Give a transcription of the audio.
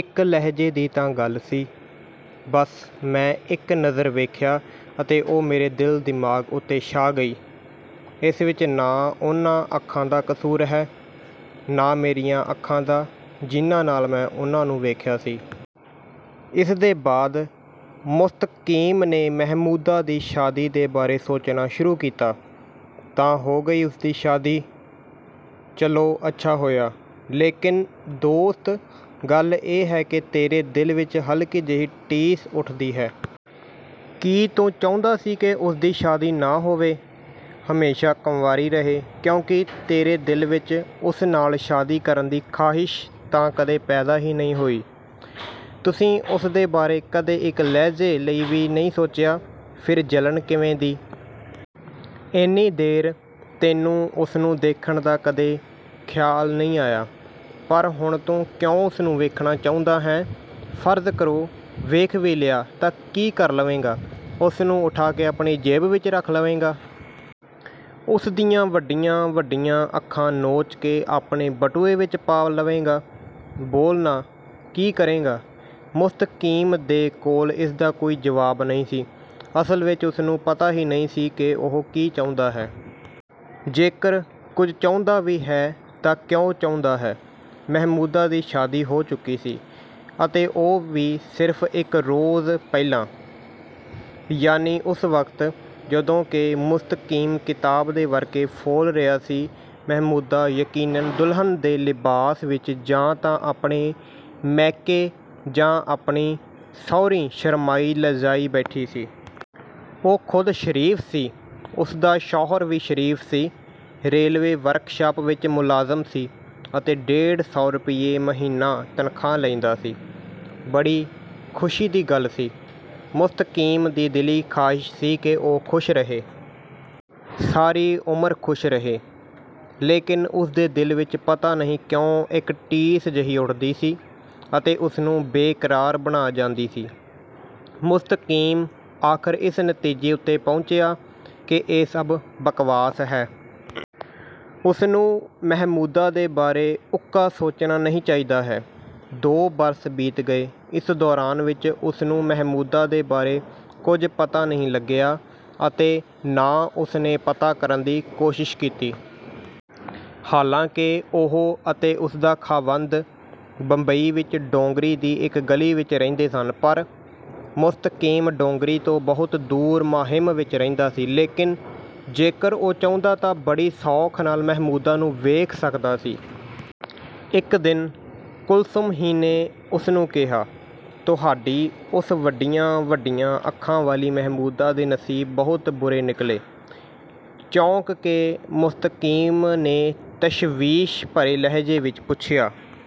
ਇੱਕ ਲਹਿਜੇ ਦੀ ਤਾਂ ਗੱਲ ਸੀ। ਬਸ ਮੈਂ ਇੱਕ ਨਜ਼ਰ ਵੇਖਿਆ ਅਤੇ ਉਹ ਮੇਰੇ ਦਿਲ ਦਿਮਾਗ਼ ਉੱਤੇ ਛਾ ਗਈ। ਇਸ ਵਿੱਚ ਨਾ ਉਨ੍ਹਾਂ ਅੱਖਾਂ ਦਾ ਕੁਸੂਰ ਹੈ, ਨਾ ਮੇਰੀਆਂ ਅੱਖਾਂ ਦਾ ਜਿਨ੍ਹਾਂ ਨਾਲ ਮੈਂ ਉਨ੍ਹਾਂ ਨੂੰ ਵੇਖਿਆ ਸੀ। " ਇਸ ਦੇ ਬਾਅਦ ਮੁਸਤਕੀਮ ਨੇ ਮਹਿਮੂਦਾ ਦੀ ਸ਼ਾਦੀ ਦੇ ਬਾਰੇ ਸੋਚਣਾ ਸ਼ੁਰੂ ਕੀਤਾ। "ਤਾਂ ਹੋ ਗਈ ਉਸ ਦੀ ਸ਼ਾਦੀ, ਚਲੋ ਅੱਛਾ ਹੋਇਆ, ਲੇਕਿਨ ਦੋਸਤ ਗੱਲ ਇਹ ਹੈ ਕਿ ਤੇਰੇ ਦਿਲ ਵਿੱਚ ਹਲਕੀ ਜਿਹੀ ਟੀਸ ਉੱਠਦੀ ਹੈ। ਕੀ ਤੂੰ ਚਾਹੁੰਦਾ ਸੀ ਕਿ ਉਸ ਦੀ ਸ਼ਾਦੀ ਨਾ ਹੋਵੇ? ਹਮੇਸ਼ਾ ਕੰਵਾਰੀ ਰਹੇ, ਕਿਉਂਕਿ ਤੇਰੇ ਦਿਲ ਵਿੱਚ ਉਸ ਨਾਲ ਸ਼ਾਦੀ ਕਰਨ ਦੀ ਖ਼ਾਹਿਸ਼ ਤਾਂ ਕਦੇ ਪੈਦਾ ਨਹੀਂ ਹੋਈ, ਤੁਸੀਂ ਉਸ ਦੇ ਬਾਰੇ ਕਦੇ ਇੱਕ ਲਹਿਜ਼ੇ ਲਈ ਵੀ ਨਹੀਂ ਸੋਚਿਆ, ਫਿਰ ਜਲਨ ਕਿਵੇਂ ਦੀ? ਇੰਨੀ ਦੇਰ ਤੈਨੂੰ ਉਸਨੂੰ ਦੇਖਣ ਦਾ ਕਦੇ ਖ਼ਿਆਲ ਨਹੀਂ ਆਇਆ, ਪਰ ਹੁਣ ਤੂੰ ਕਿਉਂ ਉਸਨੂੰ ਵੇਖਣਾ ਚਾਹੁੰਦਾ ਹੈਂ? ਫ਼ਰਜ਼ ਕਰੋ ਵੇਖ ਵੀ ਲਿਆ ਤਾਂ ਕੀ ਕਰ ਲਵੇਂਗਾ, ਉਸਨੂੰ ਉਠਾ ਕੇ ਆਪਣੀ ਜੇਬ ਵਿੱਚ ਰੱਖ ਲਵੇਂਗਾ.? ਉਸ ਦੀਆਂ ਵੱਡੀਆਂ-ਵੱਡੀਆਂ ਅੱਖਾਂ ਨੋਚ ਕੇ ਆਪਣੇ ਬਟੂਏ ਵਿੱਚ ਪਾ ਲਵੇਂਗਾ? ਬੋਲ ਨਾ, ਕੀ ਕਰੇਂਗਾ?" ਮੁਸਤਕੀਮ ਦੇ ਕੋਲ ਇਸ ਦਾ ਕੋਈ ਜਵਾਬ ਨਹੀਂ ਸੀ। ਅਸਲ ਵਿੱਚ ਉਸਨੂੰ ਪਤਾ ਹੀ ਨਹੀਂ ਸੀ ਕਿ ਉਹ ਕੀ ਚਾਹੁੰਦਾ ਹੈ। ਜੇਕਰ ਕੁੱਝ ਚਾਹੁੰਦਾ ਵੀ ਹੈ ਤਾਂ ਕਿਉਂ ਚਾਹੁੰਦਾ ਹੈ? ਮਹਿਮੂਦਾ ਦੀ ਸ਼ਾਦੀ ਹੋ ਚੁੱਕੀ ਸੀ, ਅਤੇ ਉਹ ਵੀ ਸਿਰਫ ਇੱਕ ਰੋਜ਼ ਪਹਿਲਾਂ। ਯਾਨੀ ਉਸ ਵਕਤ ਜਦੋਂ ਕਿ ਮੁਸਤਕੀਮ ਕਿਤਾਬ ਦੇ ਵਰਕੇ ਫ਼ੋਲ ਰਿਹਾ ਸੀ, ਮਹਿਮੂਦਾ ਯਕੀਨਨ ਦੁਲਹਨ ਦੇ ਲਿਬਾਸ ਵਿੱਚ ਜਾਂ ਤਾਂ ਆਪਣੇ ਮੈਕੇ ਜਾਂ ਆਪਣੀ ਸਹੁਰੀਂ ਸ਼ਰਮਾਈ ਲੱਜਾਈ ਬੈਠੀ ਸੀ। ਉਹ ਖ਼ੁਦ ਸ਼ਰੀਫ ਸੀ, ਉਸ ਦਾ ਸ਼ੌਹਰ ਵੀ ਸ਼ਰੀਫ ਸੀ, ਰੇਲਵੇ ਵਰਕਸ਼ਾਪ ਵਿੱਚ ਮੁਲਾਜ਼ਮ ਸੀ ਅਤੇ ਡੇਢ ਸੌ ਰੁਪਏ ਮਹੀਨਾ ਤਨਖ਼ਾਹ ਲੈਂਦਾ ਸੀ। ਬੜੀ ਖੁਸ਼ੀ ਦੀ ਗੱਲ ਸੀ। ਮੁਸਤਕੀਮ ਦੀ ਦਿਲੀ ਖ਼ਾਹਿਸ਼ ਸੀ ਕਿ ਉਹ ਖ਼ੁਸ਼ ਰਹੇ। ਸਾਰੀ ਉਮਰ ਖ਼ੁਸ਼ ਰਹੇ। ਲੇਕਿਨ ਉਸ ਦੇ ਦਿਲ ਵਿੱਚ ਪਤਾ ਨਹੀਂ ਕਿਉਂ ਇੱਕ ਟੀਸ ਜਹੀ ਉੱਠਦੀ ਸੀ ਅਤੇ ਉਸਨੂੰ ਬੇਕਰਾਰ ਬਣਾ ਜਾਂਦੀ ਸੀ। ਮੁਸਤਕੀਮ ਆਖਰ ਇਸ ਨਤੀਜੇ ਉੱਤੇ ਪਹੁੰਚਿਆ ਕਿ ਇਹ ਸਭ ਬਕਵਾਸ ਹੈ। ਉਸਨੂੰ ਮਹਿਮੂਦਾ ਦੇ ਬਾਰੇ ਉੱਕਾ ਸੋਚਣਾ ਨਹੀਂ ਚਾਹੀਦਾ ਹੈ। ਦੋ ਬਰਸ ਬੀਤ ਗਏ। ਇਸ ਦੌਰਾਨ ਵਿੱਚ ਉਸਨੂੰ ਮਹਿਮੂਦਾ ਦੇ ਬਾਰੇ ਕੁੱਝ ਪਤਾ ਨਹੀਂ ਲੱਗਿਆ ਅਤੇ ਨਾ ਉਸ ਨੇ ਪਤਾ ਕਰਨ ਦੀ ਕੋਸ਼ਿਸ਼ ਕੀਤੀ। ਹਾਲਾਂ ਕਿ ਉਹ ਅਤੇ ਉਸ ਦਾ ਖ਼ਾਵੰਦ ਬੰਬਈ ਵਿੱਚ ਡੋਂਗਰੀ ਦੀ ਇੱਕ ਗਲੀ ਵਿੱਚ ਰਹਿੰਦੇ ਸਨ। ਪਰ ਮੁਸਤਕੀਮ ਡੋਂਗਰੀ ਤੋਂ ਬਹੁਤ ਦੂਰ ਮਾਹਿਮ ਵਿੱਚ ਰਹਿੰਦਾ ਸੀ, ਲੇਕਿਨ ਜੇਕਰ ਉਹ ਚਾਹੁੰਦਾ ਤਾਂ ਬੜੀ ਸੌਖ ਨਾਲ ਮਹਿਮੂਦਾ ਨੂੰ ਵੇਖ ਸਕਦਾ ਸੀ। ਇੱਕ ਦਿਨ ਕੁਲਸੁਮ ਹੀ ਨੇ ਉਸ ਨੂੰ ਕਿਹਾ। "ਤੁਹਾਡੀ ਉਸ ਵੱਡੀਆਂ-ਵੱਡੀਆਂ ਅੱਖਾਂ ਵਾਲੀ ਮਹਿਮੂਦਾ ਦੇ ਨਸੀਬ ਬਹੁਤ ਬੁਰੇ ਨਿਕਲੇ! " ਚੌਂਕ ਕੇ ਮੁਸਤਕੀਮ ਨੇ ਤਸ਼ਵੀਸ਼ ਭਰੇ ਲਹਿਜੇ ਵਿੱਚ ਪੁੱਛਿਆ।